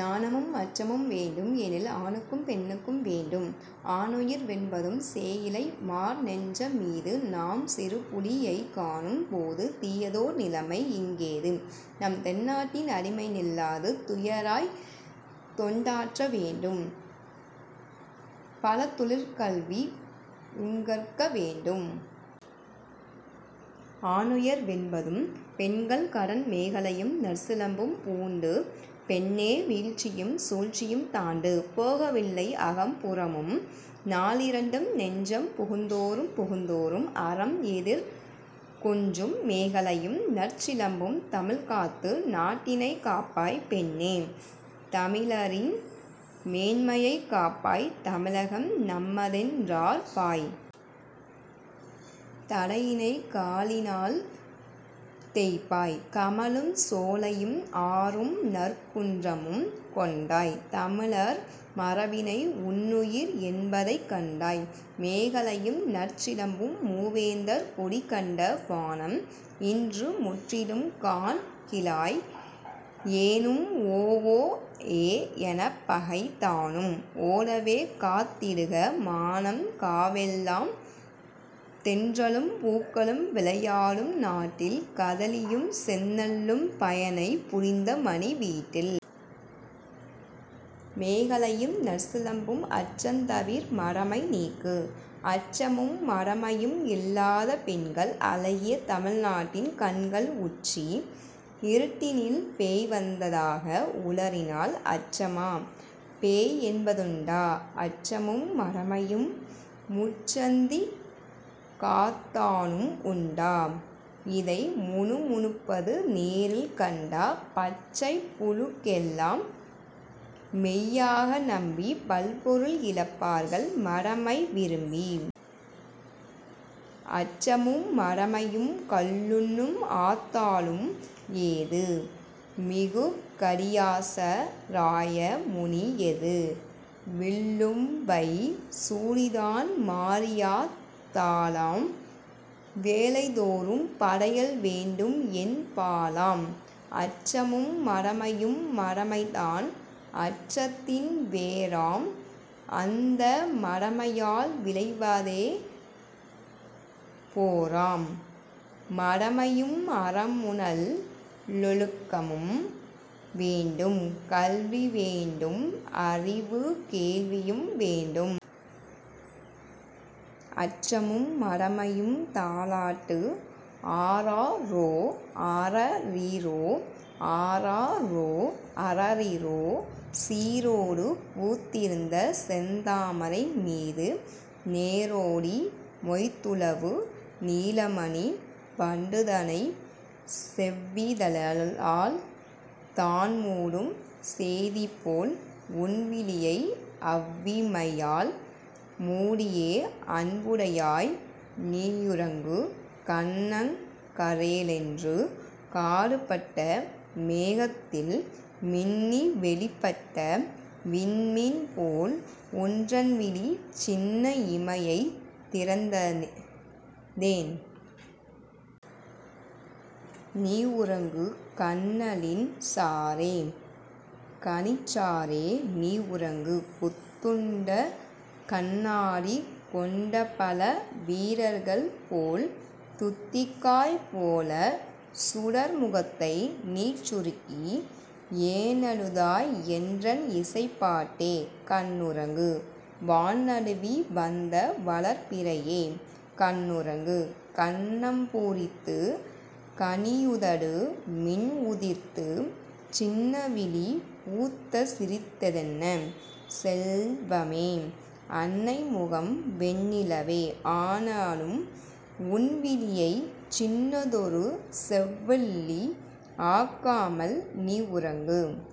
நாணமும் அச்சமும் வேண்டும் -- எனில் ஆணுக்கும் பெண்ணுக்கும் வேண்டும். ஆணுயர் வென்பதும்... சேயிழை மார்நெஞ்ச மீது -- நாம் சீறுபுலி யைக்காணும் போது தீயதோர் நிலைமைஇங் கேது? -- நம் தென்னாட்டின் அடிமைநில் லாது. தூயராய்த் தொண்டாற்ற வேண்டும் -- பல தொழிற்கல்வி யுங்கற்க வேண்டும். ஆணுயர் வென்பதும்... பெண்கள் கடன் மேகலையும் நற்சிலம்பும் பூண்டு -- பெண்ணே வீழ்ச்சியும் சூழ்ச்சியும் தாண்டு! போகவில்லை அகம்புறமும், நாலிரண்டும் நெஞ்சம் புகுந்தோறும் புகுந்தோறும் அறம் எதிரிற் கொஞ்சும் மேகலையும் நற்சிலம்பும்... தமிழ்காத்து நாட்டினைக் காப்பாய் -- பெண்ணே தமிழரின் மேன்மையைக் காப்பாய் தமிழகம் நம்மதென் றார்ப்பாய்। தடையினைக் காலினால் தேய்ப்பாய்! கமழும் சோலையும், ஆறும் நற்குன்றமும் கொண்டாய் தமிழர் மரபினை உன்னுயிர் என்பதைக் கண்டாய். மேகலையும் நற்சிலம்பும்... மூவேந்தர் கொடி கண்ட வானம் -- இன்று முற்றிலும் கான்கிலாய் ஏனும் ஓஓஎ னப் பகை தானும் ஓடவே காத் திடுக மானம் காவெலாம் தென்றலும் பூக்களும் விளையாடும் நாட்டில் கதலியும் செந்நெலும் பயனைப் புரிந்தமணி வீட்டில். மேகலையும் நற்சிலம்பும்... அச்சந்தவிர், மடமை நீக்கு! அச்சமும் மடமையும் இல்லாத பெண்கள் அழகிய தமிழ் நாட்டின் கண்கள் உச்சி இருட்டினில் பேய்வந்த தாக உளறினால் அச்சமா? பேய் என்ப துண்டா? அச்சமும் மடமையும்... முச்சந்திக் காத்தானும் உண்டா? -- இதை முணுமுணுப்பது நேரில் கண்டா? பச்சைப் புளுகெலாம் மெய்யாக நம்பிப் பல்பொருள் இழப்பார்கள் மடமை விரும்பி! அச்சமும் மடமையும்... கள்ளுண்ணும் ஆத்தாளும் ஏது? -- மிகு கடியசா ராயமுனி ஏது? விள்ளும்வை சூரிதான் மாரியாத் தாளாம்; வேளைதோறும் படையல் வேண்டும்என் பாளாம். அச்சமும் மடமையும்... மடமைதான் அச்சத்தின் வேராம் -- அந்த மடமையால் விளைவதே போராம்! மடமையும் அறமுநல் லொழுக்கமும் வேண்டும் கல்விவேண் டும்அறிவு கேள்வியும் வேண்டும். அச்சமும் மடமையும்... தாலாட்டு ஆராரோ ஆரரிரோ ஆராரோ ஆரரிரோ! சீரோடு பூத்திருந்த செந்தாமரை மீது நேரோடி மொய்த்துலவு நீலமணி வண்டுதனைச் செவ்விதழால் தான்மூடும் சேதிபோல் உன்விழியை அவ்விமையால் மூடியே அன்புடையாய் நீயுறங்கு! கன்னங் கறேலென்று காடுபட்ட மேகத்தில் மின்னி வெளிப்பட்ட விண்மீன்போல் உன்றன்விழி சின்ன இமையைத் திறந்ததேன்? நீயுறங்கு! கன்னலின் சாறே கனிச்சாறே நீயுறங்கு! குத்துண்ட கண்ணாடி கொண்டபல வீரர்கள்போல் துத்திக்காய் போலச் சுடர்முகத்தை நீசுருக்கி ஏனழுதாய் என்றன் இசைப்பாட்டே கண்ணுறங்கு! வான்நழுவி வந்த வளர்பிறையே கண்ணுறங்கு! கன்னம்பூ ரித்துக் கனியுதடு மின்உதிர்த்துச் சின்னவிழி பூத்துச் சிரித்ததென்ன செல்வமே? அன்னைமுகம் வெண்ணிலவே ஆனாலும் உன்விழியைச் சின்னதொரு செவ்வல்லி ஆக்காமல் நீயுறங்கு!